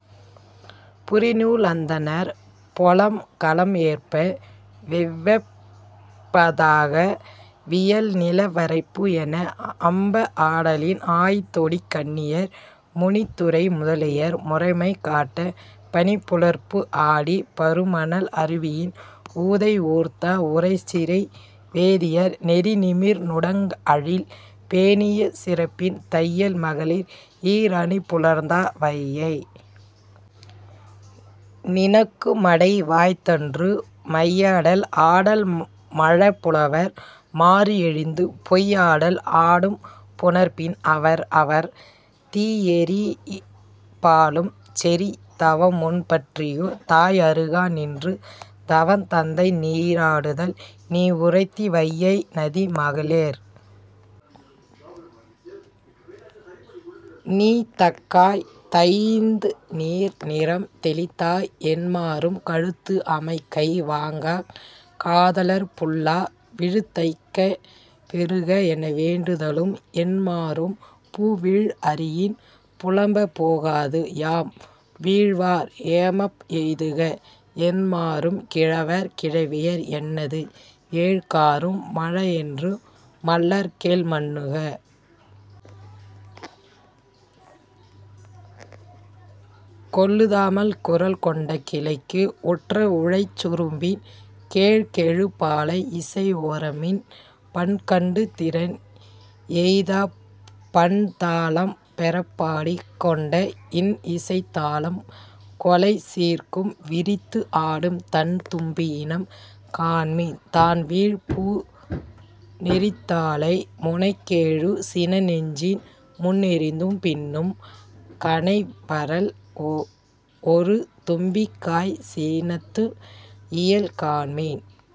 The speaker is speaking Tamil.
புரி நூல் அந்தணர் பொலம் கலம் ஏற்ப, 'வெம்பாதாக, வியல் நில வரைப்பு! ' என அம்பா ஆடலின் ஆய் தொடிக் கன்னியர், முனித் துறை முதல்வியர் முறைமை காட்ட, பனிப் புலர்பு ஆடி, பரு மணல் அருவியின் ஊதை ஊர்தர, உறை சிறை வேதியர் நெறி நிமிர் நுடங்கு அழல் பேணிய சிறப்பின், தையல் மகளிர் ஈர் அணி புலர்த்தர, வையை! நினக்கு மடை வாய்த்தன்று. மையாடல் ஆடல் மழ புலவர் மாறு எழுந்து, பொய் ஆடல் ஆடும் புணர்ப்பின் அவர், அவர் தீ எரிப் பாலும் செறி தவம் முன் பற்றியோ, தாய் அருகா நின்று தவத் தைந் நீராடுதல்? நீ உரைத்தி, வையை நதி! மகளிர் 'நீ தக்காய், தைந் நீர்! நிறம் தெளிந்தாய்' என்மாரும், ' "கழுத்து அமை கை வாங்காக் காதலர்ப் புல்ல, விழுத் தகை பெறுக! " என வேண்டுதும்' என்மாரும், 'பூ வீழ் அரியின் புலம்பப் போகாது, யாம் வீழ்வார், ஏமம் எய்துக! ' என்மாரும், ' "கிழவர் கிழவியர்" என்னாது, ஏழ்காறும், மழ ஈன்று மல்லற் கேள் மன்னுக! கொளுத்தாமல், குரல் கொண்ட கிளைக்கு உற்ற உழைச் சுரும்பின் கேழ் கெழு பாலை இசை ஒர்மின்: பண் கண்டு திறன் எய்தாப் பண் தாளம் பெறப் பாடி, கொண்ட இன் இசைத் தாளம் கொளை சீர்க்கும் விரித்து ஆடும் தண் தும்பியினம் காண்மின்: தான் வீழ் பூ நெரித்தாளை முனை கெழு சின நெஞ்சின் முன் எறிந்து, பின்னும், கனை வரல் ஒரு தும்பி காய் சினத்து இயல் காண்மின்.